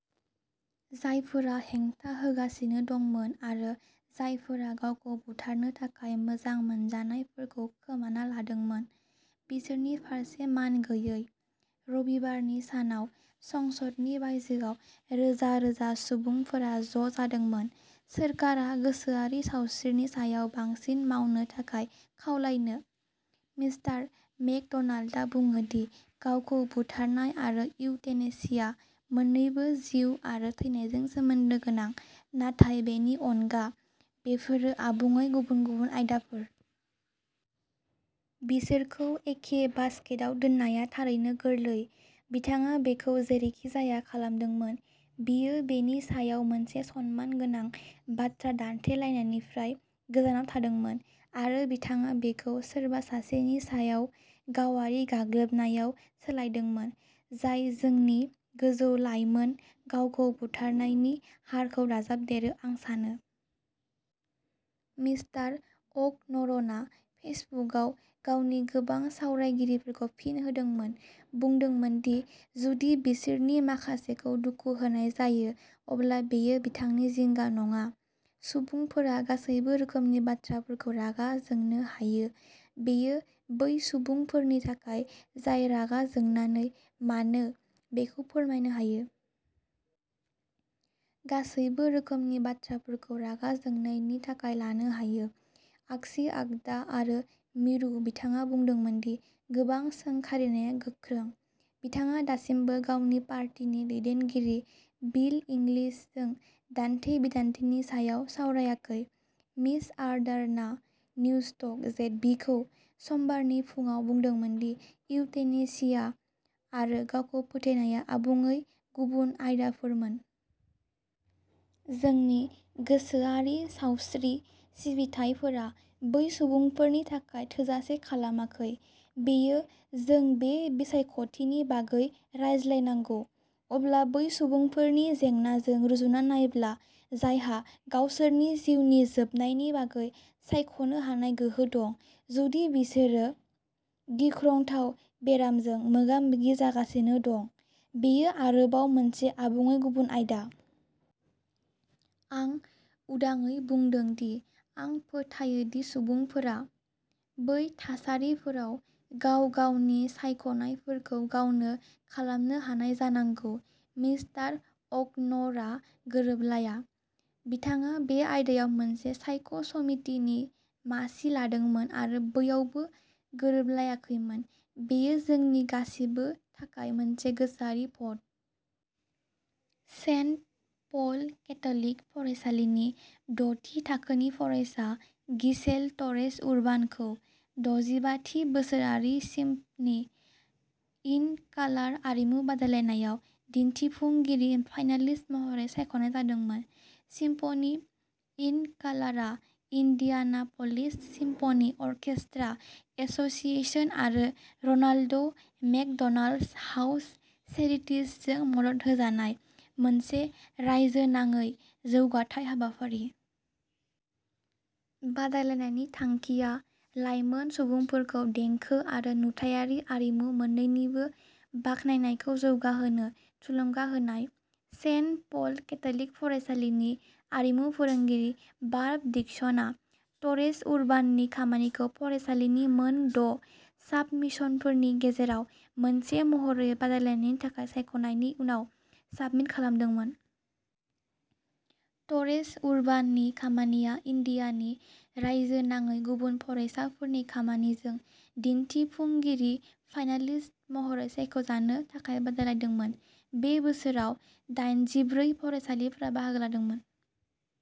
जायफोरा हेंथा होगासिनो दंमोन आरो जायफोरा गावखौ बुथारनो थाखाय मोजां मोनजानायफोरखौ खोमाना लादोंमोन, बिसोरनि फारसे मानगैयै। रबिबारनि सानाव संसदनि बायजोआव रोजा रोजा सुबुंफोरा ज'जादोंमोन, सोरखारा गोसोआरि सावस्रिनि सायाव बांसिन मावनो थाखाय खावलायनो। मिस्टार मेकड'नाल्डआ बुङो दि गावखौ बुथारनाय आरो इउथेनेसिया मोन्नैबो जिउ आरो थैनाय जों सोमोन्दो गोनां, नाथाय बेनि अनगा, बेफोरो आबुङै गुबुन गुबुन आयदाफोर। बिसोरखौ एखे बास्केटआव दोननाया थारैनो गोरलै। बिथाङा बेखौ जेरैखिजाया खालामदोंमोन, बियो बेनि सायाव मोनसे सनमानगोनां बाथ्रा दान्थेलायनायनिफ्राय गोजानाव थांदोंमोन, आरो बिथाङा बेखौ सोरबा सासेनि सायाव गावारि गाग्लोबनायाव सोलायदोंमोन। जाय जोंनि गोजौ लाइमोन गावखौ बुथारनायनि हारखौ दाजाबदेरो, आं सानो। मिस्टार अकन'रना फेसबुकआव गावनि गोबां सावरायगिरिफोरखौ फिन होदोंमोन, बुंदोंमोन दि जुदि बिसोरनि माखासेखौ दुखु होनाय जायो अब्ला बेयो बिथांनि जिंगा नङा। सुबुंफोरा गासैबो रोखोमनि बाथ्राफोरखौ रागा जोंनो हायो बेयो बै सुबुंफोरनि थाखाय जाय रागा जोंनानै मानो बेखौ फोरमायनो हायो। गासैबो रोखोमनि बाथ्राफोरखौ रागा जोंनायनि थाखाय लानो हायो, आगसि आगदा आरो मिरु बिथाङा बुंदोंमोन दि गोबां सोंखारिनाया गोख्रों। बिथाङा दासिमबो गावनि पार्टीनि दैदेनगिरि बिल इंग्लिशजों दान्थे-बिदान्थेनि सायाव सावरायाखै। मिस आर्डार्ना निउस्टक जेडबिखौ समबारनि फुंआव बुंदोंमोन दि इउथेनेसिया आरो गावखौ फोथैनाया आबुङै गुबुन आयदाफोरमोन। जोंनि गोसोआरि सावस्रि सिबिथाइफोरा बै सुबुंफोरनि थाखाय थोजासे खालामाखै, बेयो जों बे बिसायख'थिनि बागै रायज्लायनांगौ। अब्ला बै सुबुंफोरनि जेंनाजों रुजुना नायब्ला, जायहा गावसोरनि जिउनि जोबनायनि बागै सायख'नो हानाय गोहो दं, जुदि बिसोरो गिख्रंथाव बेरामजों मोगा-मोगि जागासिनो दं, बेयो आरोबाव मोनसे आबुङै गुबुन आयदा। आं उदाङै बुंदों दि आं फोथायो दि सुबुंफोरा। बै थासारिफोराव गाव गावनि सायख'नायफोरखौ गावनो खालामनो हानाय जानांगौ। मिस्टार अ'कन'रआ गोरोबलाया, बिथाङा बे आयदायाव मोनसे सायख' समितिनि मासि लादोंमोन आरो बैयावबो गोरोबलायाखैमोन। बियो जोंनि गासिबो थाखाय मोनसे गोसोआरि भट। सेन्ट पल केथ'लिक फरायसालिनि द'थि थाखोनि फरायसा गिसेल ट'रेस-उर्बानखौ दजिबा थि बोसोरारि सिम्फ'नि इन कालार आरिमु बादायलायनायाव दिन्थिफुंगिरि फाइनालिस्ट महरै सायख'नाय जादोंमोन। सिम्फ'नि इन कालारआ इन्डियानाप'लिस सिम्फ'नि अर्केस्ट्रा एस'सिएशन आरो र'नाल्ड मेकड'नाल्ड हाउस चेरिटिजजों मदद होजानाय मोनसे रायजोनाङै जौगाथाय हाबाफारि। बादायलायनायनि थांखिया लाइमोन सुबुंफोरखौ देंखो आरो नुथायारि आरिमु मोन्नैनिबो बाखनायनायखौ जौगाहोनो थुलुंगा होनाय। सेन्ट पल केथ'लिक फरायसालिनि आरिमु फोरोंगिरि बार्ब डिक्सना ट'रेस-उर्बाननि खामानिखौ फरायसालिनि मोनद' साबमिशनफोरनि गेजेराव मोनसे महरै बादायलायनायनि थाखाय सायख'नायनि उनाव साबमिट खालामदोंमोन। ट'रेस-उर्बान'नि खामानिया इन्डियानि रायजोनाङै गुबुन फरायसाफोरनि खामानिजों दिन्थिफुंगिरि फाइनालिस्ट महरै सायख'जानो थाखाय बादायलायदोंमोन। बे बोसोराव दाइनजिब्रै फरायसालिफोरा बाहागो लादोंमोन।